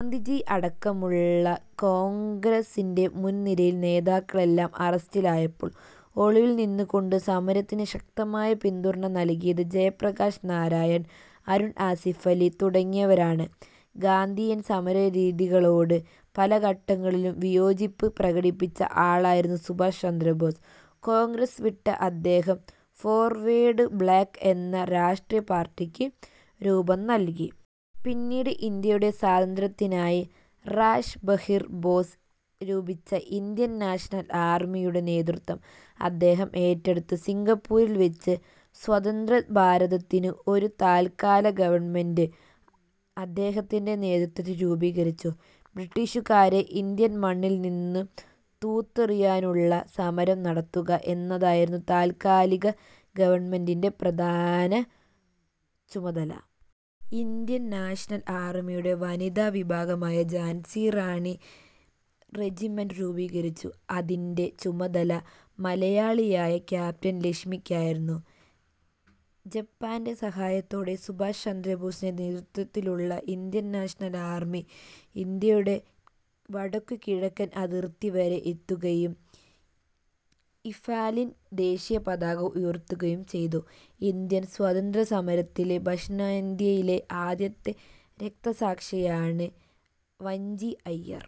ഗാന്ധിജി അടക്കമുള്ള കോൺഗ്രസിന്റെ മുൻനിര നേതാക്കളെല്ലാം അറസ്റ്റിലായപ്പോൾ ഒളിവിൽ നിന്നുകൊണ്ട് സമരത്തിന് ശക്തമായ പിന്തുണ നൽകിയത് ജയപ്രകാശ് നാരായൺ, അരുണാ ആസഫലി തുടങ്ങിയവരാണ്. ഗാന്ധിയൻ സമരരീതികളോട് പലഘട്ടങ്ങളിലും വിയോജിപ്പ് പ്രകടിപ്പിച്ച ആളായിരുന്നു സുഭാഷ് ചന്ദ്രബോസ്. കോൺഗ്രസ് വിട്ട അദ്ദേഹം "ഫോർവേഡ് ബ്ലോക്ക്' എന്ന രാഷ്ട്രീയ പാർട്ടിക്ക് രൂപം നൽകി. പിന്നീട് ഇന്ത്യയുടെ സ്വാതന്ത്ര്യത്തിനായി റാഷ് ബിഹാരി ബോസ് രൂപീകരിച്ച "ഇന്ത്യൻ നാഷണൽ ആർമി' യുടെ നേതൃത്വം അദ്ദേഹം ഏറ്റെടുത്തു. സിംഗപ്പൂരിൽ വച്ച് സ്വതന്ത്രഭാരതത്തിന് ഒരു താൽക്കാലിക ഗവൺമെന്റ് അദ്ദേഹത്തിന്റെ നേതൃത്വത്തിൽ രൂപീകരിച്ചു. ബ്രിട്ടീഷുകാരെ ഇന്ത്യൻ മണ്ണിൽനിന്ന് തൂത്തെറിയാനുള്ള സമരം നടത്തുക എന്നതായിരുന്നു താൽക്കാലിക ഗവൺമെന്റിന്റെ പ്രധാന ചുമതല. ഇന്ത്യൻ നാഷണൽ ആർമിയുടെ വനിതാ വിഭാഗമായി ഝാൻസി റാണി റെജിമെന്റ് രൂപീകരിച്ചു. ഇതിന്റെ ചുമതല മലയാളിയായ ക്യാപ്റ്റൻ ലക്ഷ്മിക്കായിരുന്നു. ജപ്പാന്റെ സഹായത്തോടെ സുഭാഷ് ചന്ദ്രബോസിന്റെ നേതൃത്വത്തിലുള്ള ഇന്ത്യൻ നാഷണൽ ആർമി ഇന്ത്യയുടെ വടക്കുകിഴക്കൻ അതിർത്തി വരെ എത്തുകയും ഇംഫാലിൽ ദേശീയപതാക ഉയർത്തുകയും ചെയ്തു. ഇന്ത്യൻ സ്വാതന്ത്ര്യസമരത്തിലെ ദക്ഷിണേന്ത്യയിലെ ആദ്യത്തെ രക്തസാക്ഷിയാണ് വാഞ്ചി അയ്യർ.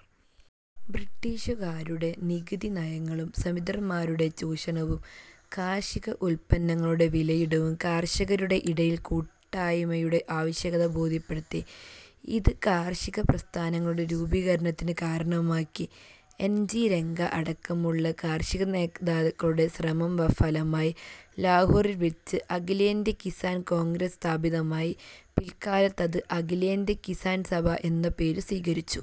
ബ്രിട്ടീഷുകാരുടെ നികുതി നയങ്ങളും സെമീന്ദാർമാരുടെ ചൂഷണവും കാർഷിക ഉൽപ്പന്നങ്ങൾക്കുണ്ടായ വിലയിടിവും കർഷകരുടെ ഇടയിൽ കൂട്ടായ്മയുടെ ആവശ്യകത ബോധ്യപ്പെടുത്തി. ഇത് കർഷകപ്രസ്ഥാനങ്ങളുടെ രൂപീകരണത്തിന് കാരണമായി. എൻ. ജി. രംഗ അടക്കമുള്ള കർഷകനേതാക്കളുടെ ശ്രമ ഫലമായി ലാഹോറിൽ വച്ച് അഖിലേന്ത്യാ കിസാൻ കോൺഗ്രസ് സ്ഥാപിതമായി. പിൽക്കാലത്ത് ഇത് അഖിലേന്ത്യ കിസാൻ സഭ എന്ന പേരു സ്വീകരി ച്ചു.